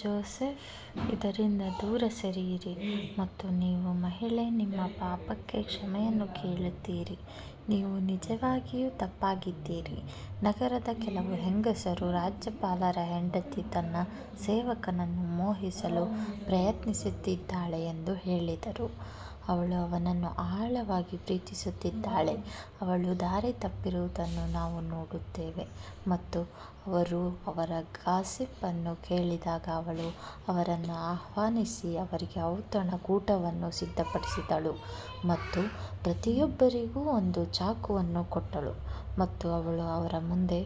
Joseph ಇದರಿಂದ ದೂರ ಸರಿಯಿರಿ ಮತ್ತು ನೀವು ಮಹಿಳೆ ನಿಮ್ಮ ಪಾಪಕ್ಕೆ ಕ್ಷಮೆಯನ್ನು ಕೇಳುತ್ತೀರಿ, ನೀವು ನಿಜವಾಗಿಯೂ ತಪ್ಪಾಗಿದ್ದೀರಿ ನಗರದ ಕೆಲವು ಹೆಂಗಸರು ರಾಜ್ಯಪಾಲರ ಹೆಂಡತಿ ತನ್ನ ಸೇವಕನನ್ನು ಮೋಹಿಸಲು ಪ್ರಯತ್ನಿಸುತ್ತಿದ್ದಾಳೆ ಎಂದು ಹೇಳಿದರು ಅವಳು ಅವನನ್ನು ಆಳವಾಗಿ ಪ್ರೀತಿಸುತ್ತಿದ್ದಾಳೆ ಅವಳು ದಾರಿ ತಪ್ಪಿರುವುದನ್ನು ನಾವು ನೋಡುತ್ತೇವೆ ಮತ್ತು ಅವರು ಅವರ ಗಾಸಿಪ್ ಅನ್ನು ಕೇಳಿದಾಗ ಅವಳು ಅವರನ್ನು ಆಹ್ವಾನಿಸಿ ಅವರಿಗೆ ಔತಣಕೂಟವನ್ನು ಸಿದ್ಧಪಡಿಸಿದಳು ಮತ್ತು ಪ್ರತಿಯೊಬ್ಬರಿಗೂ ಒಂದು ಚಾಕುವನ್ನು ಕೊಟ್ಟಳು ಮತ್ತು ಅವಳು ಅವರ ಮುಂದೆ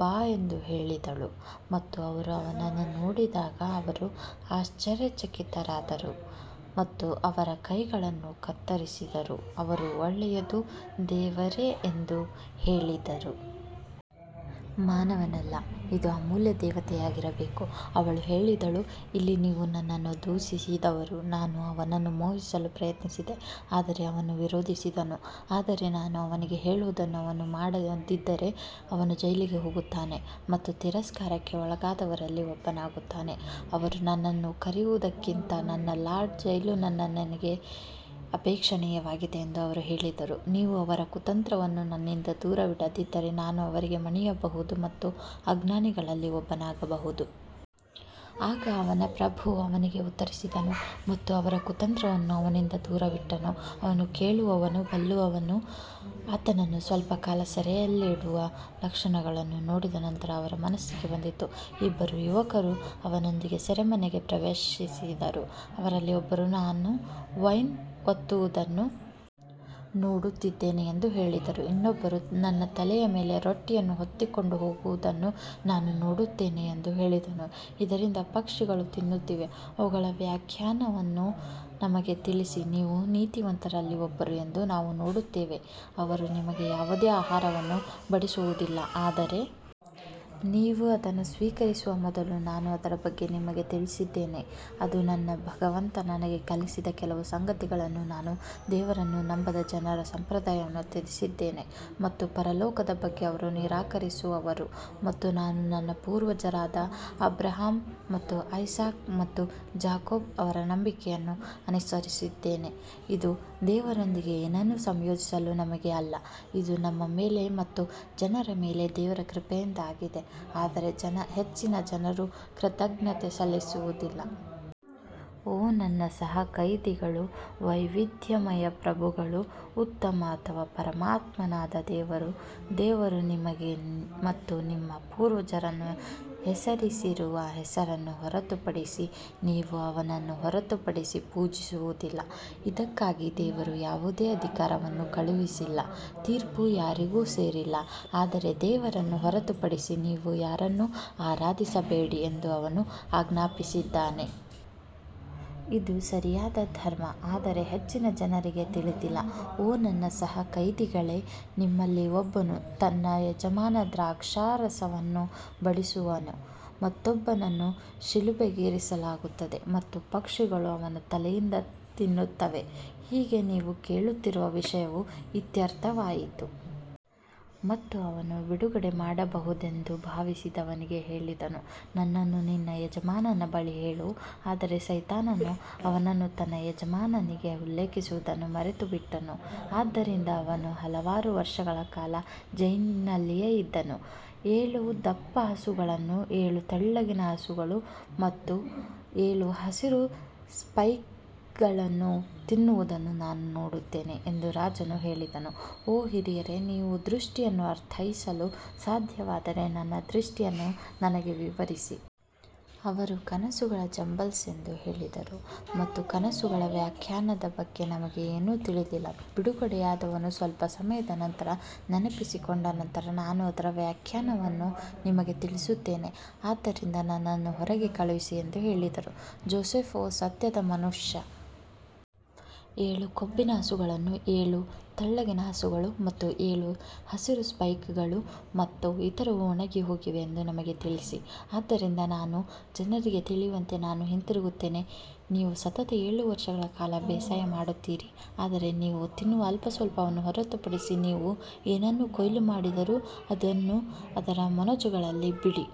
ಬಾ ಎಂದು ಹೇಳಿದಳು ಮತ್ತು ಅವರು ಅವನನ್ನು ನೋಡಿದಾಗ ಅವರು ಆಶ್ಚರ್ಯಚಕಿತರಾದರು ಮತ್ತು ಅವರ ಕೈಗಳನ್ನು ಕತ್ತರಿಸಿದರು ಅವರು ಒಳ್ಳೆಯದು ದೇವರೇ ಎಂದು ಹೇಳಿದರು. ಮಾನವನಲ್ಲ, ಇದು ಅಮೂಲ್ಯ ದೇವತೆಯಾಗಿರಬೇಕು ಅವಳು ಹೇಳಿದಳು ಇಲ್ಲಿ ನೀವು ನನ್ನನ್ನು ದೂಷಿಸಿದವರು ನಾನು ಅವನನ್ನು ಮೋಹಿಸಲು ಪ್ರಯತ್ನಿಸಿದೆ ಆದರೆ ಅವನು ವಿರೋಧಿಸಿದನು ಆದರೆ ನಾನು ಅವನಿಗೆ ಹೇಳುವುದನ್ನು ಅವನು ಮಾಡದಿದ್ದರೆ ಅವನು ಜೈಲಿಗೆ ಹೋಗುತ್ತಾನೆ ಮತ್ತು ತಿರಸ್ಕಾರಕ್ಕೆ ಒಳಗಾದವರಲ್ಲಿ ಒಬ್ಬನಾಗುತ್ತಾನೆ. ಅವರು ನನ್ನನ್ನು ಕರೆಯುವುದಕ್ಕಿಂತ ನನ್ನ ಲಾರ್ಡ್ ಜೈಲು ನನಗೆ ಹೆಚ್ಚು ಅಪೇಕ್ಷಣೀಯವಾಗಿದೆ ಎಂದು ಅವರು ಹೇಳಿದರು, ನೀವು ಅವರ ಕುತಂತ್ರವನ್ನು ನನ್ನಿಂದ ದೂರವಿಡದಿದ್ದರೆ ನಾನು ಅವರಿಗೆ ಮಣಿಯಬಹುದು ಮತ್ತು ಅಜ್ಞಾನಿಗಳಲ್ಲಿ ಒಬ್ಬನಾಗಬಹುದು. ಆಗ ಅವನ ಪ್ರಭು ಅವನಿಗೆ ಉತ್ತರಿಸಿದನು ಮತ್ತು ಅವರ ಕುತಂತ್ರವನ್ನು ಅವನಿಂದ ದೂರವಿಟ್ಟನು, ಅವನು ಕೇಳುವವನು ಬಲ್ಲವನು ಆತನನ್ನು ಸ್ವಲ್ಪ ಕಾಲ ಸೆರೆಯಲ್ಲಿಡುವ ಲಕ್ಷಣಗಳನ್ನು ನೋಡಿದ ನಂತರ ಅವರ ಮನಸ್ಸಿಗೆ ಬಂದಿತು ಇಬ್ಬರು ಯುವಕರು ಅವನೊಂದಿಗೆ ಸೆರೆಮನೆಗೆ ಪ್ರವೇಶಿಸಿದರು ಅವರಲ್ಲಿ ಒಬ್ಬರು ನಾನು ವೈನ್ ಒತ್ತುವುದನ್ನು ನೋಡುತ್ತಿದ್ದೇನೆ ಎಂದು ಹೇಳಿದರು ಇನ್ನೊಬ್ಬರು ನನ್ನ ತಲೆಯ ಮೇಲೆ ರೊಟ್ಟಿಯನ್ನು ಹೊತ್ತುಕೊಂಡು ಹೋಗುವುದನ್ನು ನಾನು ನೋಡುತ್ತೇನೆ ಎಂದು ಹೇಳಿದನು ಇದರಿಂದ ಪಕ್ಷಿಗಳು ತಿನ್ನುತ್ತಿವೆ ಅವುಗಳ ವ್ಯಾಖ್ಯಾನವನ್ನು ನಮಗೆ ತಿಳಿಸಿ ನೀವು ನೀತಿವಂತರಲ್ಲಿ ಒಬ್ಬರು ಎಂದು ನಾವು ನೋಡುತ್ತೇವೆ ಅವರು ನಿಮಗೆ ಯಾವುದೇ ಆಹಾರವನ್ನು ಬಡಿಸುವುದಿಲ್ಲ ಆದರೆ ನೀವು ಅದನ್ನು ಸ್ವೀಕರಿಸುವ ಮೊದಲು ನಾನು ಅದರ ಬಗ್ಗೆ ನಿಮಗೆ ತಿಳಿಸಿದ್ದೇನೆ ಅದು ನನ್ನ ಭಗವಂತ ನನಗೆ ಕಲಿಸಿದ ಕೆಲವು ಸಂಗತಿಗಳನ್ನು ನಾನು ದೇವರನ್ನು ನಂಬದ ಜನರ ಸಂಪ್ರದಾಯವನ್ನು ತ್ಯಜಿಸಿದ್ದೇನೆ ಮತ್ತು ಪರಲೋಕದ ಬಗ್ಗೆ ಅವರು ನಿರಾಕರಿಸುವವರು ಮತ್ತು ನಾನು ನನ್ನ ಪೂರ್ವಜರಾದ ಅಬ್ರಹಾಂ ಮತ್ತು ಐಸಾಕ್ ಮತ್ತು ಜಾಕೋಬ್ ಅವರ ನಂಬಿಕೆಯನ್ನು ಅನುಸರಿಸಿದ್ದೇನೆ, ಇದು ದೇವರೊಂದಿಗೆ ಏನನ್ನೂ ಸಂಯೋಜಿಸಲು ನಮಗೆ ಅಲ್ಲ, ಇದು ನಮ್ಮ ಮೇಲೆ ಮತ್ತು ಜನರ ಮೇಲೆ ದೇವರ ಕೃಪೆಯಿಂದ ಆಗಿದೆ ಆದರೆ ಹೆಚ್ಚಿನ ಜನರು ಕೃತಜ್ಞತೆ ಸಲ್ಲಿಸುವುದಿಲ್ಲ. ಓ ನನ್ನ ಸಹ ಕೈದಿಗಳು ವೈವಿಧ್ಯಮಯ ಪ್ರಭುಗಳು ಉತ್ತಮ ಅಥವಾ ಪರಮಾತ್ಮನಾದ ದೇವರು ದೇವರು ನಿಮಗೆ ಮತ್ತು ನಿಮ್ಮ ಪೂರ್ವಜರನ್ನು ಹೆಸರಿಸಿರುವ ಹೆಸರನ್ನು ಹೊರತುಪಡಿಸಿ ನೀವು ಅವನನ್ನು ಹೊರತುಪಡಿಸಿ ಪೂಜಿಸುವುದಿಲ್ಲ, ಇದಕ್ಕಾಗಿ ದೇವರು ಯಾವುದೇ ಅಧಿಕಾರವನ್ನು ಕಳುಹಿಸಿಲ್ಲ ತೀರ್ಪು ಯಾರಿಗೂ ಸೇರಿಲ್ಲ ಆದರೆ ದೇವರನ್ನು ಹೊರತುಪಡಿಸಿ ನೀವು ಯಾರನ್ನೂ ಆರಾಧಿಸಬೇಡಿ ಎಂದು ಅವನು ಆಜ್ಞಾಪಿಸಿದ್ದಾನೆ ಇದು ಸರಿಯಾದ ಧರ್ಮ ಆದರೆ ಹೆಚ್ಚಿನ ಜನರಿಗೆ ತಿಳಿದಿಲ್ಲ ಓ ನನ್ನ ಸಹ ಕೈದಿಗಳೇ ನಿಮ್ಮಲ್ಲಿ ಒಬ್ಬನು ತನ್ನ ಯಜಮಾನ ದ್ರಾಕ್ಷಾರಸವನ್ನು ಬಡಿಸುವನು, ಮತ್ತೊಬ್ಬನನ್ನು ಶಿಲುಬೆಗೇರಿಸಲಾಗುತ್ತದೆ ಮತ್ತು ಪಕ್ಷಿಗಳು ಅವನ ತಲೆಯಿಂದ ತಿನ್ನುತ್ತವೆ, ಹೀಗೆ ನೀವು ಕೇಳುತ್ತಿರುವ ವಿಷಯವು ಇತ್ಯರ್ಥವಾಯಿತು. ಮತ್ತು ಅವನು ಬಿಡುಗಡೆ ಮಾಡಬಹುದೆಂದು ಭಾವಿಸಿದವನಿಗೆ ಹೇಳಿದನು, ನನ್ನನ್ನು ನಿನ್ನ ಯಜಮಾನನ ಬಳಿ ಹೇಳು ಆದರೆ ಸೈತಾನನು ಅವನನ್ನು ತನ್ನ ಯಜಮಾನನಿಗೆ ಉಲ್ಲೇಖಿಸುವುದನ್ನು ಮರೆತುಬಿಟ್ಟನು ಆದ್ದರಿಂದ ಅವನು ಹಲವಾರು ವರ್ಷಗಳ ಕಾಲ ಜೈಲಿನಲ್ಲಿಯೇ ಇದ್ದನು. ಏಳು ದಪ್ಪ ಹಸುಗಳನ್ನು ಏಳು ತೆಳ್ಳಗಿನ ಹಸುಗಳು ಮತ್ತು ಏಳು ಹಸಿರು ಸ್ಪೈಕ್ಗಳು ತಿನ್ನುವುದನ್ನು ನಾನು ನೋಡುತ್ತೇನೆ ಎಂದು ರಾಜನು ಹೇಳಿದನು, ಓ ಹಿರಿಯರೇ, ನೀವು ದೃಷ್ಟಿಯನ್ನು ಅರ್ಥೈಸಲು ಸಾಧ್ಯವಾದರೆ ನನ್ನ ದೃಷ್ಟಿಯನ್ನು ನನಗೆ ವಿವರಿಸಿ. ಅವರು ಕನಸುಗಳ ಜಂಬಲ್ಸ್ ಎಂದು ಹೇಳಿದರು ಮತ್ತು ಕನಸುಗಳ ವ್ಯಾಖ್ಯಾನದ ಬಗ್ಗೆ ನಮಗೆ ಏನೂ ತಿಳಿದಿಲ್ಲ ಬಿಡುಗಡೆಯಾದವನು ಸ್ವಲ್ಪ ಸಮಯದ ನಂತರ ನೆನಪಿಸಿಕೊಂಡ ನಂತರ ನಾನು ಅದರ ವ್ಯಾಖ್ಯಾನವನ್ನು ನಿಮಗೆ ತಿಳಿಸುತ್ತೇನೆ ಆದ್ದರಿಂದ ನನ್ನನ್ನು ಹೊರಗೆ ಕಳುಹಿಸಿ ಎಂದು ಹೇಳಿದರು ಜೋಸೆಫ್ ಓ ಸತ್ಯದ ಮನುಷ್ಯ ಏಳು ಕೊಬ್ಬಿನ ಹಸುಗಳನ್ನು ಏಳು ತೆಳ್ಳಗಿನ ಹಸುಗಳು ಮತ್ತು ಏಳು ಹಸಿರು ಸ್ಪೈಕ್ಗಳು ಮತ್ತು ಇತರವು ಒಣಗಿಹೋಗಿವೆ ಎಂದು ನಮಗೆ ತಿಳಿಸಿ, ಆದ್ದರಿಂದ ನಾನು ಜನರಿಗೆ ತಿಳಿಯುವಂತೆ ನಾನು ಹಿಂತಿರುಗುತ್ತೇನೆ ನೀವು ಸತತ ಏಳು ವರ್ಷಗಳ ಕಾಲ ಬೇಸಾಯ ಮಾಡುತ್ತೀರಿ ಆದರೆ ನೀವು ತಿನ್ನುವ ಅಲ್ಪಸ್ವಲ್ಪವನ್ನು ಹೊರತುಪಡಿಸಿ ನೀವು ಏನನ್ನು ಕೊಯ್ಲು ಮಾಡಿದರೂ ಅದನ್ನು ಅದರ ಮೊನಚುಗಳಲ್ಲಿ ಬಿಡಿ.